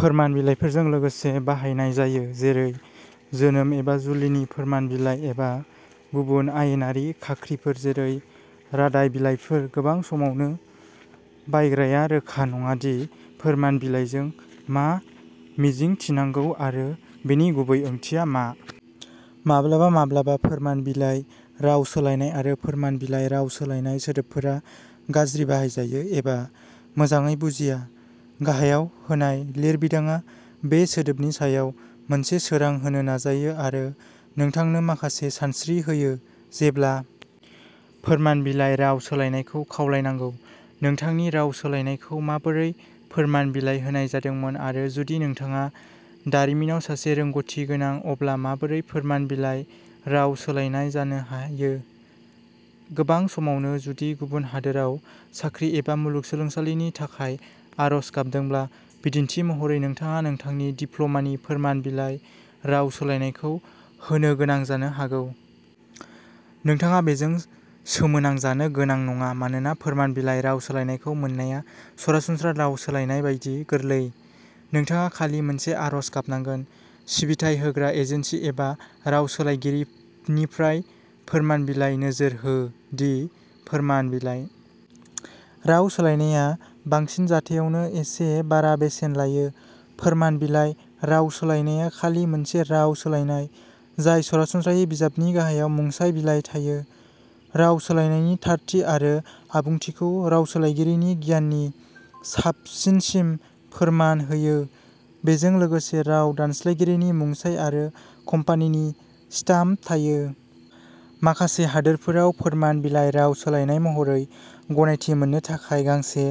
फोरमान बिलाइफोरजों लोगोसे बाहायनाय जायो जेरै जोनोम एबा जुलिनि फोरमान बिलाइ एबा गुबुन आयेनारि खाख्रिफोर जेरै रादाय बिलाइफोर गोबां समावनो बायग्राया रोखा नङा दि फोरमान बिलाइजों मा मिजिंथिनांगौ आरो बेनि गुबै ओंथिया मा माब्लाबा माब्लाबा फोरमान बिलाइ राव सोलायनाय आरो फोरमान बिलाइ राव सोलायनाय सोदोबफोरा गाज्रि बाहायजायो एबा मोजाङै बुजिया गाहायाव होनाय लिरबिदांआ बे सोदोबनि सायाव मोनसे सोरां होनो नाजायो आरो नोंथांनो माखासे सानस्रि होयो जेब्ला फोरमान बिलाइ राव सोलायनायखौ खावलायनांगौ नोंथांनि राव सोलायनायखौ माबोरै फोरमान बिलाइ होनाय जादोंमोन आरो जुदि नोंथाङा दारिमिनाव सासे रोंग'थि गोनां अब्ला माबोरै फोरमान बिलाइ राव सोलायनाय जानो हायो गोबां समावनो जुदि गुबुन हादोराव साख्रि एबा मुलुगसोलोंसालिनि थाखाय आर'ज गाबदोंब्ला बिदिन्थि महरै नोंथाङा नोंथांनि डिप्ल'मानि फोरमान बिलाइ राव सोलायनायखौ होनो गोनां जानो हागौ। नोंथाङा बेजों सोमोनांजानो गोनां नङा मानोना फोरमान बिलाइ राव सोलायनायखौ मोननाया सरासनस्रा राव सोलायनाय बायदि गोरलै नोंथाङा खालि मोनसे आरज गाबनांगोन सिबिथाय होग्रा एजेन्सि एबा रावसोलायगिरिनिफ्राय फोरमान बिलाइ नोजोर हो दि फोरमान बिलाइ राव सोलायनाया बांसिन जाथायावनो एसे बारा बेसेन लायो फोरमान बिलाइ राव सोलायनाया खालि मोनसे राव सोलायनाय जाय सरासनस्रायै बिजाबनि गाहायाव मुंसाइ बिलाइ थायो राव सोलायनायनि थारथि आरो आबुंथिखौ रावसोलायगिरिनि गियाननि साबसिनसिम फोरमान होयो बेजों लोगोसे राव दानस्लायगिरिनि मुंसाइ आरो कम्पानिनि स्टाम्प थायो। माखासे हादोरफोराव फोरमान बिलाइ राव सोलायनाय महरै गनायथि मोननो थाखाय गांसे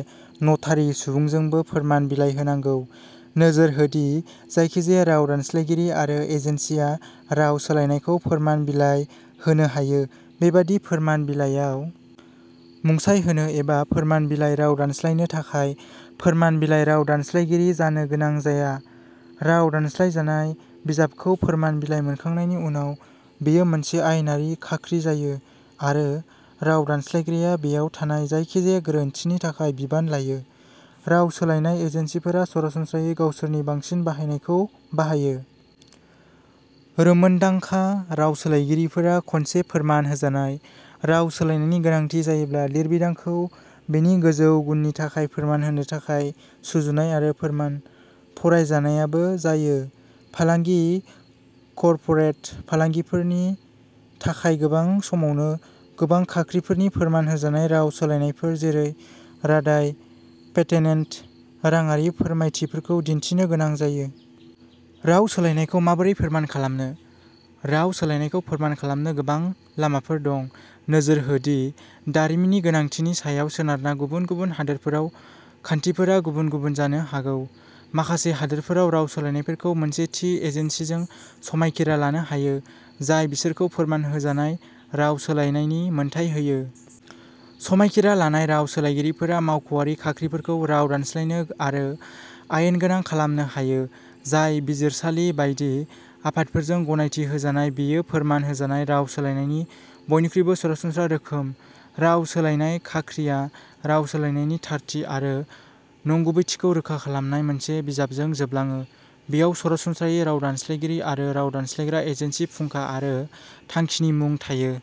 नटारि सुबुंजोंबो फोरमान बिलाइ होनांगौ। नोजोर हो दि जायखिजाया राव दानस्लायगिरि आरो एजेन्सिआ राव सोलायनायखौ फोरमान बिलाइ होनो हायो बेबादि फोरमान बिलाइयाव मुंसाइ होनो एबा फोरमान बिलाइ राव दानस्लायनो थाखाय फोरमान बिलाइ राव दानस्लायगिरि जानो गोनां जाया राव दानस्लायजानाय बिजाबखौ फोरमान बिलाइ मोनखांनायनि उनाव बेयो मोनसे आयेनारि खाख्रि जायो आरो राव दानस्लायग्राया बेयाव थानाय जायखिजाया गोरोन्थिनि थाखाय बिबान लायो राव सोलायनाय एजेन्सिफोरा सरासनस्रायै गावसोरनि बांसिन बाहायनायखौ बाहायो। रोंमोन्दांखा रावसोलायगिरिफोरा खनसे फोरमान होजानाय राव सोलायनायनि गोनांथि जायोब्ला लिरबिदांखौ बेनि गोजौ गुननि थाखाय फोरमान होनो थाखाय सुजुनाय आरो फोरमान फरायजानायबो जायो फालांगि कर्परेट फालांगिफोरनि थाखाय गोबां समावनो गोबां खाख्रिफोरनि फोरमान होजानाय राव सोलायनायफोर जेरै रादाय पेटेन्ट राङारि फोरमायथिफोरखौ दिन्थिनो गोनां जायो। राव सोलायनायखौ माबोरै फोरमान खालामनो राव सोलायनायखौ फोरमान खालामनो गोबां लामाफोर दं नोजोर हो दि दारिमिननि गोनांथिनि सायाव सोनारना गुबुन गुबुन हादोरफोराव खान्थिफोरा गुबुन गुबुन जानो हागौ। माखासे हादोरफोराव राव सोलायनायफोरखौ मोनसे थि एजेन्सिजों समायखिरा लानो हायो जाय बिसोरखौ फोरमान होजानाय राव सोलायनायनि मोन्थाइ होयो। समायखिरा लानाय राव सोलायगिरिफोरा मावख'आरि खाख्रिफोरखौ राव दानस्लायनो आरो आयेनगोनां खालामनो हायो जाय बिजिरसालि बायदि आफादफोरजों गनायथि होजानाय बेयो फोरमान होजानाय राव सोलायनायनि बयनिख्रुइबो सरासनस्रा रोखोम राव सोलायनाय खाख्रिआ राव सोलायनायनि थारथि आरो नंगुबैथिखौ रोखा खालामनाय मोनसे बिजाबजों जोबलाङो बेयाव सरासनस्रायै राव दानस्लायगिरि आरो राव दानस्लायग्रा एजेन्सि फुंखा आरो थांखिनि मुं थायो।